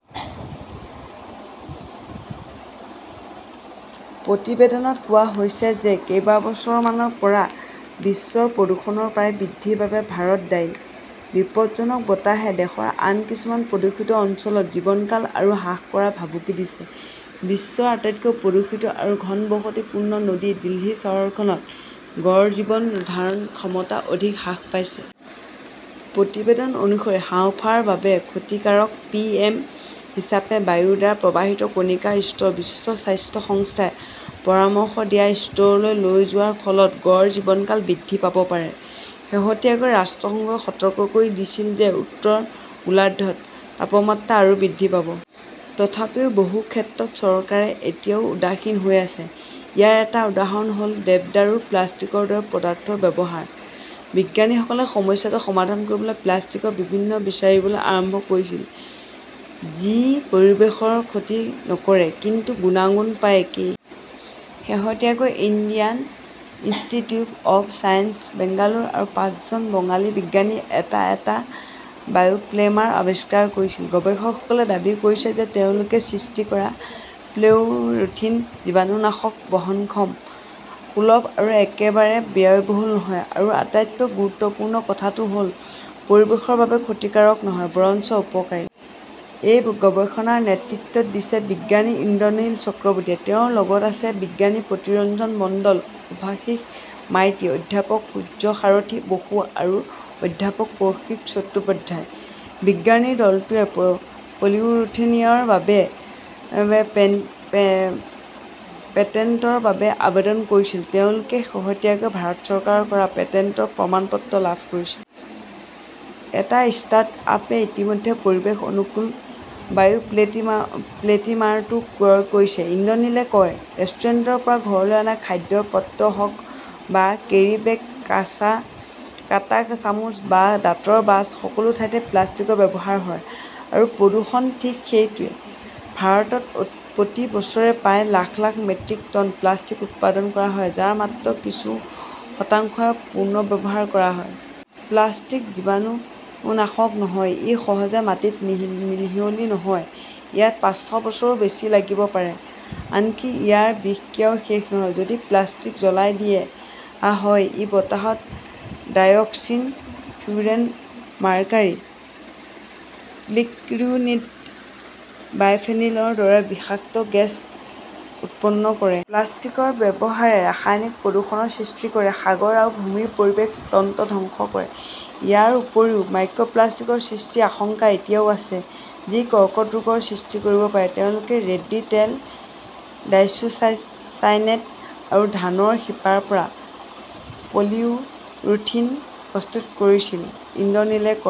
প্ৰতিবেদনত কোৱা হৈছে যে কেইবছৰমানৰ পৰা বিশ্বৰ প্ৰদূষণৰ প্ৰায় বৃদ্ধিৰ বাবে ভাৰত দায়ী। বিপদজনক বতাহে দেশৰ আন কিছুমান প্ৰদূষিত অঞ্চলত জীৱনকাল আৰু হ্ৰাস কৰাৰ ভাবুকি দিছে। বিশ্বৰ আটাইতকৈ প্ৰদূষিত আৰু ঘনবসতিপূৰ্ণ নতুন দিল্লী চহৰখনত গড় জীৱন ধাৰণ ক্ষমতা অধিক হ্ৰাস পাইছে। প্ৰতিবেদন অনুসৰি, হাঁওফাঁওৰ বাবে ক্ষতিকাৰক পি.এম. হিচাপে বায়ুৰ দ্বাৰা প্ৰবাহিত কণিকাৰ স্তৰ বিশ্ব স্বাস্থ্য সংস্থাই পৰামৰ্শ দিয়া স্তৰলৈ লৈ যোৱাৰ ফলত গড় জীৱনকাল বৃদ্ধি পাব পাৰে। শেহতীয়াকৈ ৰাষ্ট্ৰসংঘই সতৰ্ক কৰি দিছিল যে উত্তৰ গোলাৰ্ধত তাপমাত্ৰা আৰু বৃদ্ধি পাব। তথাপিও বহু ক্ষেত্ৰত চৰকাৰে এতিয়াও উদাসীন হৈ আছে। ইয়াৰ এটা উদাহৰণ হ'ল দেৱদাৰুৰ প্লাষ্টিকৰ দৰে পদাৰ্থৰ ব্যৱহাৰ। বিজ্ঞানীসকলে সমস্যাটো সমাধান কৰিবলৈ প্লাষ্টিকৰ বিকল্প বিচাৰিবলৈ আৰম্ভ কৰিছিল, যি পৰিৱেশৰ ক্ষতি নকৰে, কিন্তু গুণাগুণ প্ৰায় একেই। শেহতীয়াকৈ Indian Institute of Science, Bengaluru আৰু পাঁচজন বঙালী বিজ্ঞানীয়ে এনে এটা বায়োপ্লিমাৰ আৱিষ্কাৰ কৰিছিল। গৱেষকসকলে দাবী কৰিছে যে তেওঁলোকে সৃষ্টি কৰা পলিইউৰোথিন জীৱাণুনাশক, বহনক্ষম, সুলভ আৰু একেবাৰে ব্যয়বহুল নহয়। আৰু আটাইতকৈ গুৰুত্বপূৰ্ণ কথাটো হ'ল, পৰিৱেশৰ বাবে ক্ষতিকাৰক নহয়, বৰঞ্চ উপকাৰী। এই গৱেষণাৰ নেতৃত্ব দিছে বিজ্ঞানী ইন্দ্ৰনীল চক্ৰৱৰ্তীয়ে। তেওঁৰ লগত আছে বিজ্ঞানী প্ৰীতৰঞ্জন মণ্ডল, শুভশীষ মাইতি, অধ্যাপক সূৰ্যসাৰথী বসু আৰু অধ্যাপক কৌশিক চট্টোপাধ্যায়। বিজ্ঞানীৰ দলটোৱে পলিউৰোথিনৰ বাবে পেটেণ্টৰ বাবে আবেদন কৰিছিল। তেওঁলোকে শেহতীয়াকৈ ভাৰত চৰকাৰৰ পৰা পেটেণ্টৰ প্ৰমাণপত্ৰ লাভ কৰিছে। এটা ষ্টাৰ্টআপে ইতিমধ্যে পৰিৱেশ-অনুকূল বায়োপ্লিমাৰটো ক্ৰয় কৰিছে, ইন্দ্ৰনীলে কয়। ৰেষ্টুৰেণ্টৰ পৰা ঘৰলৈ অনা খাদ্যৰ পাত্ৰ হওক বা কেৰীবেগ, কাঁটা চামুচ বা দাঁতৰ ব্ৰাছ, সকলো ঠাইতে প্লাষ্টিকৰ ব্যৱহাৰ হয়। আৰু প্ৰদূষণ ঠিক সেইটোৱেই। ভাৰতত প্ৰতি বছৰে প্ৰায় lakh lakh metric tonne plastic উৎপাদন কৰা হয়, যাৰ মাত্ৰ কিছু শতাংশহে পুনৰ্ব্যৱহাৰ কৰা হয়। প্লাষ্টিক জীৱাণুনাশক নহয়। ই সহজে মাটিত মিহলি নহয়, ইয়াত পাঁচশ বছৰৰো‌ বেছি লাগিব পাৰে। আনকি ইয়াৰ বিষক্ৰিয়াও শেষ নহয়। যদি প্লাষ্টিক জ্বলাই দিয়া হয়, ই বতাহত ডাইঅক্সিন, ফিউৰেন, মাৰ্কাৰী, পলিক্লৰিনেটেড বাইফেনিলৰ দৰে বিষাক্ত গেছ উৎপন্ন কৰে। প্লাষ্টিকৰ ব্যৱহাৰে ৰাসায়নিক প্ৰদূষণৰ সৃষ্টি কৰে, সাগৰ আৰু ভূমিৰ পৰিৱেশ তন্ত্ৰ ধ্বংস কৰে, ইয়াৰ উপৰিও মাইক্ৰপ্লাষ্টিকৰ সৃষ্টিৰ আশংকা এতিয়াও আছে, যি কৰ্কট ৰোগৰ সৃষ্টি কৰিব পাৰে। তেওঁলোকে ৰেড্ডী তেল, ডাইচোচাইনেট আৰু ধানৰ শিপাৰ পৰা পলিইউৰোথিন প্ৰস্তুত কৰিছিল, ইন্দ্ৰনীলে কয়।